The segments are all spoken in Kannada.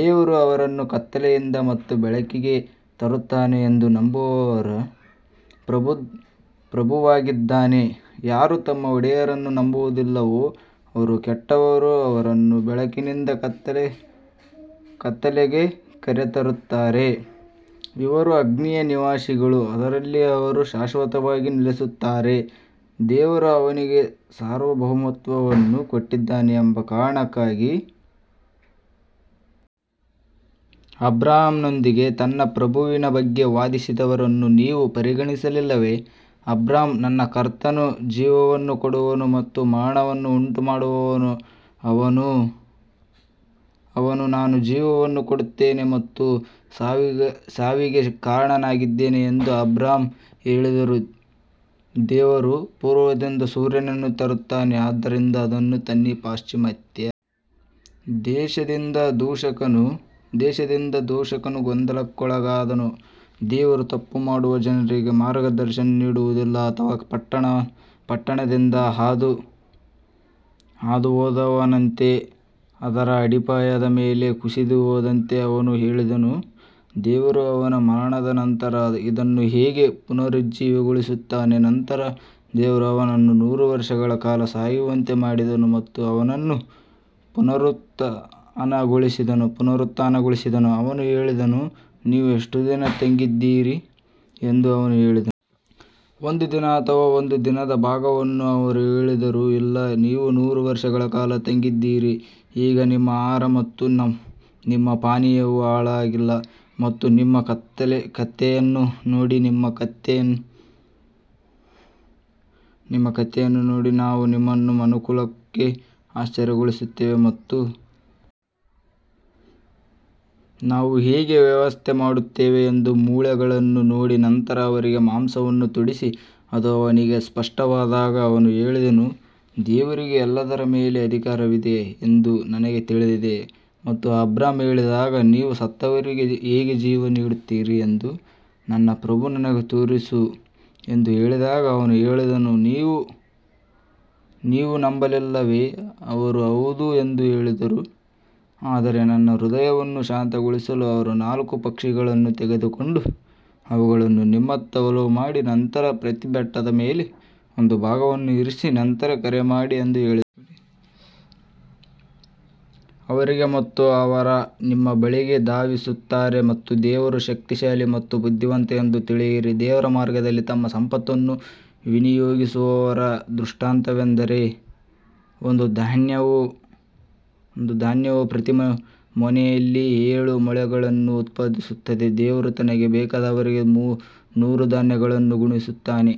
ದೇವರು ಅವರನ್ನು ಕತ್ತಲೆಯಿಂದ ಮತ್ತು ಬೆಳಕಿಗೆ ತರುತ್ತಾನೆ ಎಂದು ನಂಬುವವರ ಪ್ರಭುವಾಗಿದ್ದಾನೆ, ಯಾರು ತಮ್ಮ ಒಡೆಯರನ್ನು ನಂಬುವುದಿಲ್ಲವೋ ಅವರು ಕೆಟ್ಟವರು ಅವರನ್ನು ಬೆಳಕಿನಿಂದ ಮತ್ತು ಕತ್ತಲೆಗೆ ಕರೆತರುತ್ತಾರೆ, ಇವರು ಅಗ್ನಿಯ ನಿವಾಸಿಗಳು, ಅದರಲ್ಲಿ ಅವರು ಶಾಶ್ವತವಾಗಿ ನೆಲೆಸುತ್ತಾರೆ. ದೇವರು ಅವನಿಗೆ ಸಾರ್ವಭೌಮತ್ವವನ್ನು ಕೊಟ್ಟಿದ್ದಾನೆ ಎಂಬ ಕಾರಣಕ್ಕಾಗಿ ಅಬ್ರಹಾಂನೊಂದಿಗೆ ತನ್ನ ಪ್ರಭುವಿನ ಬಗ್ಗೆ ವಾದಿಸಿದವರನ್ನು ನೀವು ಪರಿಗಣಿಸಲಿಲ್ಲವೇ, ಅಬ್ರಹಾಂ ನನ್ನ ಕರ್ತನು ಜೀವವನ್ನು ಕೊಡುವವನು ಮತ್ತು ಮರಣವನ್ನು ಉಂಟುಮಾಡುವವನು ಅವನು ನಾನು ಜೀವವನ್ನು ಕೊಡುತ್ತೇನೆ ಮತ್ತು ಸಾವಿಗೆ ಕಾರಣನಾಗಿದ್ದಾನೆ ಎಂದು ಅಬ್ರಹಾಂ ಹೇಳಿದರು ದೇವರು ಪೂರ್ವದಿಂದ ಸೂರ್ಯನನ್ನು ತರುತ್ತಾನೆ ಆದ್ದರಿಂದ ಅದನ್ನು ತನ್ನಿ ಪಾಶ್ಚಿಮಾತ್ಯ ದೇಶದಿಂದ ದೂಷಕನು ಗೊಂದಲಕ್ಕೊಳಗಾದನು, ದೇವರು ತಪ್ಪು ಮಾಡುವ ಜನರಿಗೆ ಮಾರ್ಗದರ್ಶನ ನೀಡುವುದಿಲ್ಲ ಅಥವಾ ಪಟ್ಟಣದಿಂದ ಹಾದುಹೋದವನಂತೆ ಅದರ ಅಡಿಪಾಯದ ಮೇಲೆ ಕುಸಿದುಹೋದಂತೆ ಅವನು ಹೇಳಿದನು, ದೇವರು ಅವನ ಮರಣದ ನಂತರ ಇದನ್ನು ಹೇಗೆ ಪುನರುಜ್ಜೀವನಗೊಳಿಸುತ್ತಾನೆ ನಂತರ ದೇವರು ಅವನನ್ನು ನೂರು ವರ್ಷಗಳ ಕಾಲ ಸಾಯುವಂತೆ ಮಾಡಿದನು ಮತ್ತು ಅವನನ್ನು ಪುನರುತ್ಥಾನಗೊಳಿಸಿದನು ಅವನು ಹೇಳಿದನು, ನೀವು ಎಷ್ಟು ದಿನ ತಂಗಿದ್ದೀರಿ ಎಂದು ಅವನು ಹೇಳಿದನು. ಒಂದು ದಿನ ಅಥವಾ ಒಂದು ದಿನದ ಭಾಗವನ್ನು ಅವರು ಹೇಳಿದರು ಇಲ್ಲ ನೀವು ನೂರು ವರ್ಷಗಳ ಕಾಲ ತಂಗಿದ್ದೀರಿ ಈಗ ನಿಮ್ಮ ಆಹಾರ ಮತ್ತು ನಿಮ್ಮ ಪಾನೀಯವು ಹಾಳಾಗಿಲ್ಲ ಮತ್ತು ನಿಮ್ಮ ಕತ್ತೆಯನ್ನು ನೋಡಿ ನಿಮ್ಮ ಕತ್ತೆಯನ್ನು ನೋಡಿ ನಾವು ನಿಮ್ಮನ್ನು ಮನುಕುಲಕ್ಕೆ ಆಶ್ಚರ್ಯಗೊಳಿಸುತ್ತೇವೆ ಮತ್ತು ನಾವು ಹೇಗೆ ವ್ಯವಸ್ಥೆ ಮಾಡುತ್ತೇವೆ ಎಂದು ಮೂಳೆಗಳನ್ನು ನೋಡಿ ನಂತರ ಅವರಿಗೆ ಮಾಂಸವನ್ನು ತೊಡಿಸಿ, ಅದು ಅವನಿಗೆ ಸ್ಪಷ್ಟವಾದಾಗ ಅವನು ಹೇಳಿದನು, ದೇವರಿಗೆ ಎಲ್ಲದರ ಮೇಲೆ ಅಧಿಕಾರವಿದೆ ಎಂದು ನನಗೆ ತಿಳಿದಿದೆ ಮತ್ತು ಅಬ್ರಹಾಂ ಹೇಳಿದಾಗ ನೀವು ಸತ್ತವರಿಗೆ ಹೇಗೆ ಜೀವ ನೀಡುತ್ತೀರಿ ಎಂದು ನನ್ನ ಪ್ರಭು ನನಗೆ ತೋರಿಸು ಎಂದು ಹೇಳಿದಾಗ ಅವನು ಹೇಳಿದನು ನೀವು ನಂಬಲಿಲ್ಲವೇ ಅವರು ಹೌದು ಎಂದು ಹೇಳಿದರು ಆದರೆ ನನ್ನ ಹೃದಯವನ್ನು ಶಾಂತಗೊಳಿಸಲು ಅವರು ನಾಲ್ಕು ಪಕ್ಷಿಗಳನ್ನು ತೆಗೆದುಕೊಂಡು ಅವುಗಳನ್ನು ನಿಮ್ಮತ್ತ ಒಲವು ಮಾಡಿ ನಂತರ ಪ್ರತಿ ಬೆಟ್ಟದ ಮೇಲೆ ಒಂದು ಭಾಗವನ್ನು ಇರಿಸಿ ನಂತರ ಕರೆ ಮಾಡಿ ಎಂದು ಹೇಳಿದರು. ಅವರಿಗೆ ಮತ್ತು ಅವರು ನಿಮ್ಮ ಬಳಿಗೆ ಧಾವಿಸುತ್ತಾರೆ ಮತ್ತು ದೇವರು ಶಕ್ತಿಶಾಲಿ ಮತ್ತು ಬುದ್ಧಿವಂತ ಎಂದು ತಿಳಿಯಿರಿ ದೇವರ ಮಾರ್ಗದಲ್ಲಿ ತಮ್ಮ ಸಂಪತ್ತನ್ನು ವಿನಿಯೋಗಿಸುವವರ ದೃಷ್ಟಾಂತವೆಂದರೆ, ಒಂದು ಧಾನ್ಯವು ಪ್ರತಿ ಮೊನೆಯಲ್ಲಿ ಏಳು ಮೊಳೆಗಳನ್ನು ಉತ್ಪಾದಿಸುತ್ತದೆ, ದೇವರು ತನಗೆ ಬೇಕಾದವರಿಗೆ ನೂರು ಧಾನ್ಯಗಳನ್ನು ಗುಣಿಸುತ್ತಾನೆ.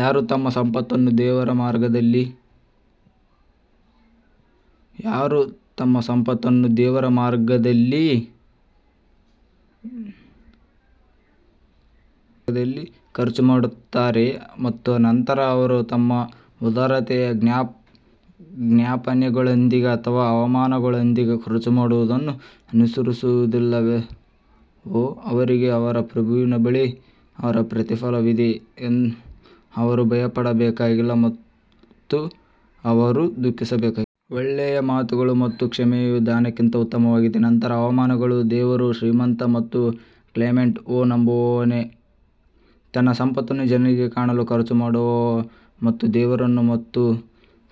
ಯಾರು ತಮ್ಮ ಸಂಪತ್ತನ್ನು ದೇವರ ಮಾರ್ಗದಲ್ಲಿ ಖರ್ಚು ಮಾಡುತ್ತಾರೆ ಮತ್ತು ನಂತರ ಅವರು ತಮ್ಮ ಉದಾರತೆಯ ಜ್ಞಾಪನೆಗಳೊಂದಿಗೆ ಅಥವಾ ಅವಮಾನಗಳೊಂದಿಗೆ ಖರ್ಚು ಮಾಡುವುದನ್ನು ಅನುಸರಿಸುವುದಿಲ್ಲವೋ ಅವರಿಗೆ ಅವರ ಪ್ರಭುವಿನ ಬಳಿ ಅವರ ಪ್ರತಿಫಲವಿದೆ, ಅವರು ಭಯಪಡಬೇಕಾಗಿಲ್ಲ ಮತ್ತು ಅವರು ದುಃಖಿಸಬೇಕಾಗಿಲ್ಲ. ಒಳ್ಳೆಯ ಮಾತುಗಳು ಮತ್ತು ಕ್ಷಮೆಯು ದಾನಕ್ಕಿಂತ ಉತ್ತಮವಾಗಿದೆ ನಂತರ ಅವಮಾನಗಳು ದೇವರು ಶ್ರೀಮಂತ ಮತ್ತು ಕ್ಲೆಮೆಂಟ್ ಓ ನಂಬುವವನೇ, ತನ್ನ ಸಂಪತ್ತನ್ನು ಜನರಿಗೆ ಕಾಣಲು ಖರ್ಚು ಮಾಡುವ ಮತ್ತು ದೇವರನ್ನು ಮತ್ತು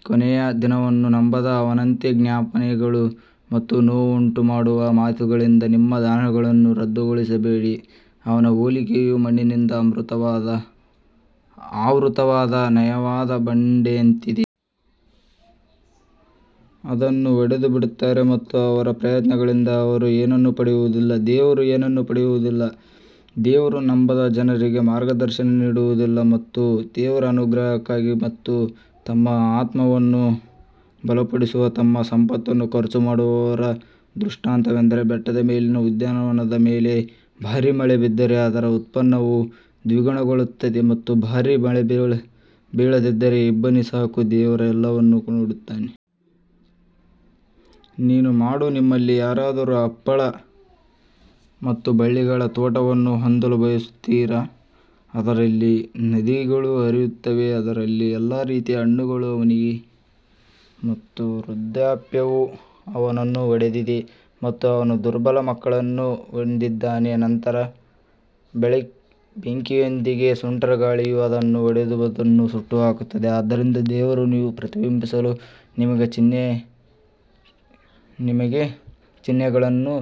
ಕೊನೆಯ ದಿನವನ್ನು ನಂಬದ ಅವನಂತೆ ಜ್ಞಾಪನೆಗಳು ಮತ್ತು ನೋವುಂಟುಮಾಡುವ ಮಾತುಗಳಿಂದ ನಿಮ್ಮ ದಾನಗಳನ್ನು ರದ್ದುಗೊಳಿಸಬೇಡಿ, ಅವನ ಹೋಲಿಕೆಯು ಮಣ್ಣಿನಿಂದ ಆವೃತವಾದ ನಯವಾದ ಬಂಡೆಯಂತಿದೆ. ಅದನ್ನು ಹೊಡೆದು ಬಿಡುತ್ತಾರೆ ಮತ್ತು ಅವರ ಪ್ರಯತ್ನಗಳಿಂದ ಅವರು ಏನನ್ನೂ ಪಡೆಯುವುದಿಲ್ಲ, ದೇವರು ನಂಬದ ಜನರಿಗೆ ಮಾರ್ಗದರ್ಶನ ನೀಡುವುದಿಲ್ಲ ಮತ್ತು ದೇವರ ಅನುಗ್ರಹಕ್ಕಾಗಿ ಮತ್ತು ತಮ್ಮ ಆತ್ಮವನ್ನು ಬಲಪಡಿಸಲು ತಮ್ಮ ಸಂಪತ್ತನ್ನು ಖರ್ಚು ಮಾಡುವವರ ದೃಷ್ಟಾಂತವೆಂದರೆ ಬೆಟ್ಟದ ಮೇಲಿನ ಉದ್ಯಾನವನದ ಮೇಲೆ ಭಾರಿ ಮಳೆ ಬಿದ್ದರೆ ಅದರ ಉತ್ಪನ್ನವು ದ್ವಿಗುಣಗೊಳ್ಳುತ್ತದೆ ಮತ್ತು ಭಾರೀ ಮಳೆ ಬೀಳದಿದ್ದರೆ ಇಬ್ಬನಿ ಸಾಕು ದೇವರು ಎಲ್ಲವನ್ನೂ ನೋಡುತ್ತಾನೆ. ನೀನು ಮಾಡು ನಿಮ್ಮಲ್ಲಿ ಯಾರಾದರೂ ಹಪ್ಪಳ ಮತ್ತು ಬಳ್ಳಿಗಳ ತೋಟವನ್ನು ಹೊಂದಲು ಬಯಸುತ್ತೀರಾ, ಅದರಲ್ಲಿ ನದಿಗಳು ಹರಿಯುತ್ತವೆ ಅದರಲ್ಲಿ ಎಲ್ಲಾ ರೀತಿಯ ಹಣ್ಣುಗಳು ಅವನಿಗೆ ಮತ್ತು ವೃದ್ಧಾಪ್ಯವು ಅವನನ್ನು ಹೊಡೆದಿದೆ ಮತ್ತು ಅವನು ದುರ್ಬಲ ಮಕ್ಕಳನ್ನು ಹೊಂದಿದ್ದಾನೆ ನಂತರ ಬೆಂಕಿಯೊಂದಿಗೆ ಸುಂಟರಗಾಳಿಯು ಅದನ್ನು ಹೊಡೆದು ಅದನ್ನು ಸುಟ್ಟುಹಾಕುತ್ತದೆ ಆದ್ದರಿಂದ ದೇವರು ನೀವು ಪ್ರತಿಬಿಂಬಿಸಲು ನಿಮಗೆ ಚಿಹ್ನೆಗಳನ್ನು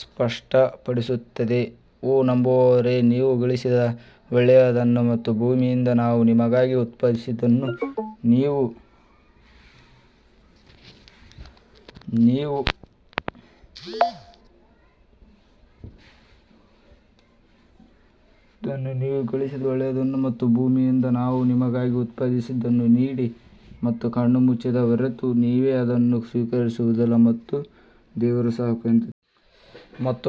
ಸ್ಪಷ್ಟಪಡಿಸುತ್ತದೆ ಓ ನಂಬುವವರೇ, ನೀವು ಗಳಿಸಿದ ಒಳ್ಳೆಯದನ್ನು ಮತ್ತು ಭೂಮಿಯಿಂದ ನಾವು ನಿಮಗಾಗಿ ಉತ್ಪಾದಿಸಿದ್ದನ್ನು ನೀಡಿ ಮತ್ತು ಕಣ್ಣು ಮುಚ್ಚಿದ ಹೊರತು ನೀವೇ ಅದನ್ನು ಸ್ವೀಕರಿಸುವುದಿಲ್ಲ ಮತ್ತು ದೇವರು ಸಾಕು ಎಂದು ತಿಳಿದುಕೊಳ್ಳಿ. ಮತ್ತು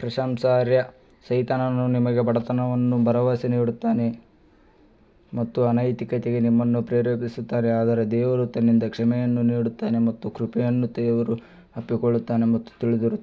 ಪ್ರಶಂಸಾರ್ಹ ಸೈತಾನನು ನಿಮಗೆ ಬಡತನವನ್ನು ಭರವಸೆ ನೀಡುತ್ತಾನೆ ಮತ್ತು ಅನೈತಿಕತೆಗೆ ನಿಮ್ಮನ್ನು ಪ್ರೇರೇಪಿಸುತ್ತಾನೆ ಆದರೆ ದೇವರು ತನ್ನಿಂದ ಕ್ಷಮೆಯನ್ನು ನೀಡುತ್ತಾನೆ ಮತ್ತು ಕೃಪೆಯನ್ನು ದೇವರು ಅಪ್ಪಿಕೊಳ್ಳುತ್ತಾನೆ ಮತ್ತು ತಿಳಿದಿರುತ್ತಾನೆ.